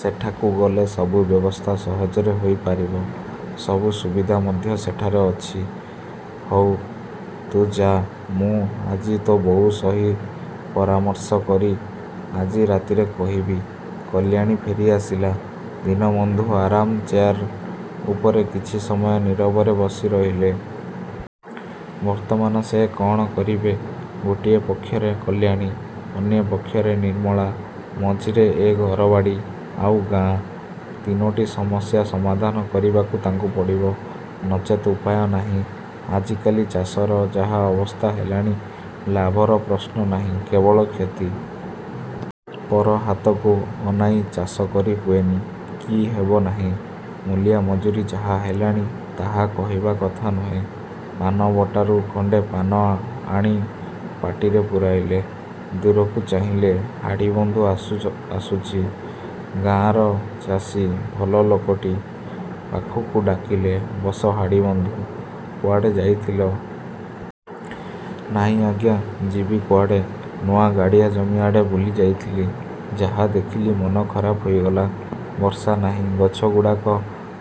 ସେଠାକୁ ଗଲେ ସବୁ ବ୍ୟବସ୍ଥା ସହଜରେ ହୋଇ ପାରିବ। ସବୁ ସୁବିଧା ମଧ୍ୟ ସେଠାରେ ଅଛି। ହଉ ତୁ ଯା ମୁଁ ଆଜି ତୋ' ବୋଉ ସହି ପରାମର୍ଶ କରି ଆଜି ରାତିରେ କହିବି। କଲ୍ୟାଣୀ ଫେରି ଆସିଲା। ଦୀନବନ୍ଧୁ ଆରାମ୍ ଚେୟାର ଉପରେ କିଛି ସମୟ ନୀରବରେ ବସି ରହିଲେ। ବର୍ତ୍ତମାନ ସେ କ'ଣ କରିବେ? ଗୋଟିଏ ପକ୍ଷରେ କଲ୍ୟାଣୀ, ଅନ୍ୟ ପକ୍ଷରେ ନିର୍ମଳା; ମଝିରେ ଏ ଘରବାଡ଼ି ଆଉ ଗାଁ। ତିନୋଟି ସମସ୍ୟା ସମାଧାନ କରିବାକୁ ତାଙ୍କୁ ପଡ଼ିବ। ନଚେତ୍ ଉପାୟ ନାହିଁ। ଆଜିକାଲି ଚାଷର ଯାହା ଅବସ୍ଥା ହେଲାଣି ଲାଭର ପ୍ରଶ୍ନ ନାହିଁ କେବଳ କ୍ଷତି। ପର ହାତକୁ ଅନାଇ ଚାଷ କରି ହୁଏନି, କି ହେବ ନାହିଁ। ମୂଲିଆ ମଜୁରୀ ଯାହା ହେଲାଣି, ତାହା କହିବା କଥା ନୁହେଁ। ପାନବଟାରୁ ଖଣ୍ଡେ ପାନ ଆଣି ପାଟିରେ ପୂରାଇଲେ। ଦୂରକୁ ଚାହିଁଲେ ହାଡ଼ିବନ୍ଧୁ ଆସୁଛି। ଗାଁର ଚାଷୀ ଭଲ ଲୋକଟି। ପାଖକୁ ଡାକିଲେ, ବସ ହାଡ଼ିବନ୍ଧୁ, କୁଆଡ଼େ ଯାଇଥିଲ? ନାହିଁ ଆଜ୍ଞା ଯିବି କୁଆଡ଼େ। ନୂଆ ଗାଡ଼ିଆ ଜମିଆଡ଼େ ବୁଲି ଯାଇଥିଲି। ଯାହା ଦେଖିଲି, ମନ ଖରାପ ହୋଇଗଲା। ବର୍ଷା ନାହିଁ ଗଛଗୁଡ଼ାକ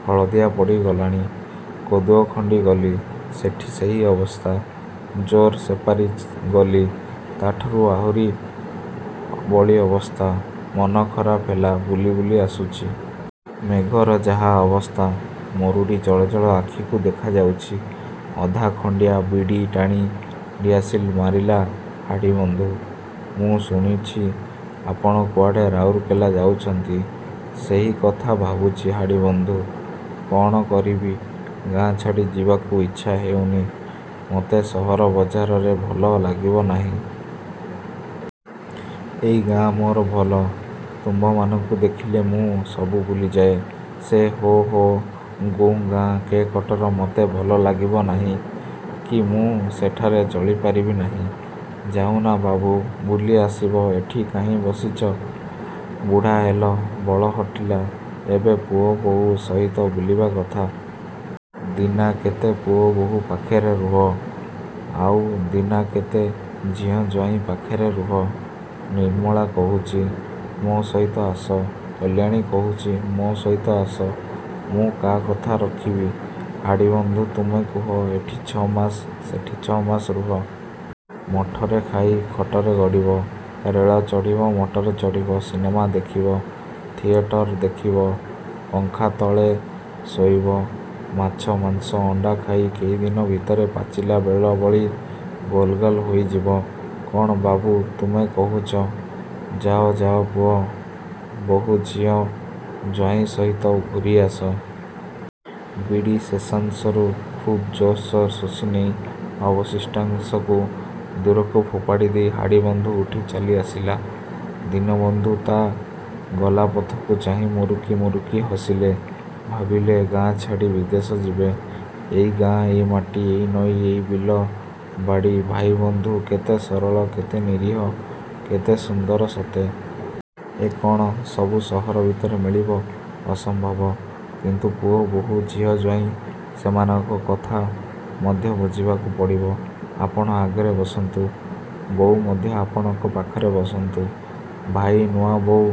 ହଳଦିଆ ପଡ଼ିଗଲାଣି। କୋଦୁଅଖଣ୍ଡି ଗଲି ସେଠି ସେହି ଅବସ୍ଥା। ଯୋର ସେପାରି ଗଲି ତା'ଠାରୁ ଆଉରି ବଳି ଅବସ୍ଥା। ମନ ଖରାପ ହେଲା ବୁଲି ବୁଲି ଆସୁଛି। ମେଘର ଯାହା ଅବସ୍ଥା, ମରୁଡ଼ି ଜଳ ଜଳ ଆଖିକୁ ଦେଖାଯାଉଛି। ଅଧା ଖଣ୍ଡିଆ ବିଡ଼ି ଟାଣି ଦିଆସିଲି ମାରିଲା ହାଡ଼ିବନ୍ଧୁ। ମୁଁ ଶୁଣୁଛି ଆପଣ କୁଆଡ଼େ ରାଉରକେଲା ଯାଉଛନ୍ତି। ସେହିକଥା ଭାବୁଛି ହାଡ଼ିବନ୍ଧୁ! କ'ଣ କରିବି। ଗାଁ ଛାଡ଼ି ଯିବାକୁ ଇଚ୍ଛା ହେଉନି। ମୋତେ ସହର ବଜାରରେ ଭଲ ଲାଗିବ ନାହିଁ। ଏଇ ଗାଁ ମୋର ଭଲ। ତୁମ୍ଭମାନଙ୍କୁ ଦେଖିଲେ ମୁଁ ସବୁ ଭୁଲିଯାଏ। ସେ ହୋ ହୋ ଗୁଁ ଗାଁ କେଁ କଟର ମୋତେ ଭଲ ଲାଗିବ ନାହିଁ କି ମୁଁ ସେଠାରେ ଚଳିପାରିବି ନାହିଁ। ଯାଉନା ବାବୁ ବୁଲି ଆସିବ, ଏଠି କାହିଁକି ବସିଛ। ବୁଢ଼ା ହେଲ, ବଳ ହଟିଲା, ଏବେ ପୁଅ ବୋହୂ ସହିତ ବୁଲିବା କଥା। ଦିନାକେତେ ପୁଅ ବୋହୂ ପାଖରେ ରୁହ। ଆଉ ଦିନାକେତେ ଝିଅ ଜ୍ୱାଇଁ ପାଖରେ ରୁହ। ନିର୍ମଳା କହୁଛି ମୋ ସହିତ ଆସ, କଲ୍ୟାଣୀ କହୁଛି ମୋ ସହିତ ଆସ। ମୁଁ କା କଥା ରଖିବି? ହାଡ଼ିବନ୍ଧୁ, ତୁମେ କୁହ। ଏଠି ଛ'ମାସ, ସେଠି ଛ'ମାସ ରୁହ। ମଠରେ ଖାଇ ଖଟରେ ଗଡ଼ିବ। ରେଳ ଚଢ଼ିବ, ମଟର ଚଢ଼ିବ; ସିନେମା ଦେଖିବ, ଥିଏଟର ଦେଖିବ, ପଙ୍ଖା ତଳେ ଶୋଇବ, ମାଛ, ମାଂସ, ଅଣ୍ଡା ଖାଇ କେଇଦିନ ଭିତରେ ପାଚିଲା ବେଲଭଳି ଗୋଲଗାଲ ହୋଇଯିବ। କ'ଣ ବାବୁ ତୁମେ କହୁଛ। ଯାଅ ଯାଅ ପୁଅ, ବୋହୂ ଝିଅ, ଜ୍ୱାଇଁ ସହିତ ଘୂରିଆସ। ବିଡ଼ି ଶେଷାଂସରୁ ଖୁବ୍ ଜୋରସୋର ଶୋଷିନେଇ ଅବଶିଷ୍ଟାଂଶକୁ ଦୂରକୁ ଫୋପାଡ଼ି ଦେଇ ହାଡ଼ିବନ୍ଧୁ ଉଠି ଚାଲି ଆସିଲା। ଦୀନବନ୍ଧୁ ତା' ଗଲା ପଥକୁ ଚାହିଁ ମୁରୁକି ମୁରୁକି ହସିଲେ। ଭାବିଲେ ଗାଁ ଛାଡ଼ି ବିଦେଶ ଯିବେ। ଏଇ ଗାଁ, ଏଇ ମାଟି, ଏଇ ନଈ, ଏଇ ବିଲ ବାଡ଼ି, ଭାଇବନ୍ଧୁ, କେତେ ସରଳ, କେତେ ନିରୀହ, କେତେ ସୁନ୍ଦର ସତେ। ଏ କ'ଣ ସବୁ ସହର ଭିତରେ ମିଳିବ? ଅସମ୍ଭବ। କିନ୍ତୁ ପୁଅ ବୋହୂ, ଝିଅ ଜ୍ୱାଇଁ ସେମାନଙ୍କ କଥା ମଧ୍ୟ ବୁଝିବାକୁ ପଡ଼ିବ। ଆପଣ ଆଗରେ ବସନ୍ତୁ। ବୋଉ ମଧ୍ୟ ଆପଣଙ୍କ ପାଖରେ ବସନ୍ତୁ, ଭାଇ, ନୂଆବୋଉ,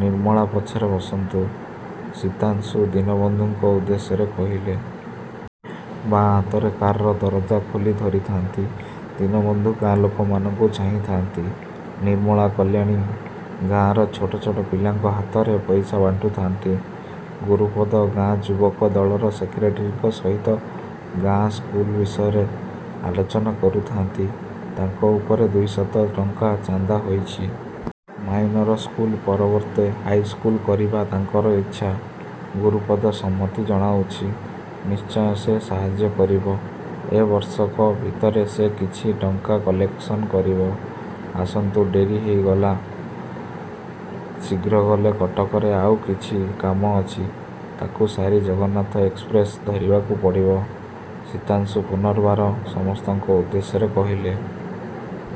ନିର୍ମଳା ପଛରେ ବସନ୍ତୁ, ଶୀତାଂଶୁ ଦୀନବନ୍ଧୁଙ୍କ ଉଦ୍ଦେଶ୍ୟରେ କହିଲେ। ବାଆଁ ହାତରେ କାର୍ର ଦରଜା ଖୋଲି ଧରିଥାନ୍ତି। ଦୀନବନ୍ଧୁ ଗାଁ ଲୋକମାନଙ୍କୁ ଚାହିଁଥାନ୍ତି। ନିର୍ମଳା, କଲ୍ୟାଣୀ ଗାଁର ଛୋଟ ଛୋଟ ପିଲାଙ୍କ ହାତରେ ପଇସା ବାଣ୍ଟୁଥାନ୍ତି। ଗୁରୁପଦ ଗାଁ ଯୁବକ ଦଳର ସେକ୍ରେଟାରୀଙ୍କ ସହିତ ଗାଁ ସ୍କୁଲ ବିଷୟରେ ଆଲୋଚନା କରୁଥାନ୍ତି। ତାଙ୍କ ଉପରେ ଦୁଇଶତ ଟଙ୍କା ଚାନ୍ଦା ହୋଇଛି। ମାଇନର ସ୍କୁଲ ପରିବର୍ତ୍ତେ ହାଇସ୍କୁଲ କରିବା ତାଙ୍କର ଇଚ୍ଛା। ଗୁରୁପଦ ସମ୍ମତି ଜଣାଉଛି। ନିଶ୍ଚୟ ସେ ସାହାଯ୍ୟ କରିବ। ଏ ବର୍ଷକ ଭିତରେ ସେ କିଛି ଟଙ୍କା କଲେକ୍ସନ କରିବ। ଆସନ୍ତୁ ଡେରି ହୋଇଗଲା। ଶୀଘ୍ର ଗଲେ କଟକରେ ଆଉ କିଛି କାମ ଅଛି, ତା'କୁ ସାରି ଜଗନ୍ନାଥ ଏକ୍ସପ୍ରେସ୍ ଧରିବାକୁ ପଡ଼ିବ, ଶୀତାଂଶୁ ପୁନର୍ବାର ସମସ୍ତଙ୍କ ଉଦ୍ଦେଶ୍ୟରେ କହିଲେ।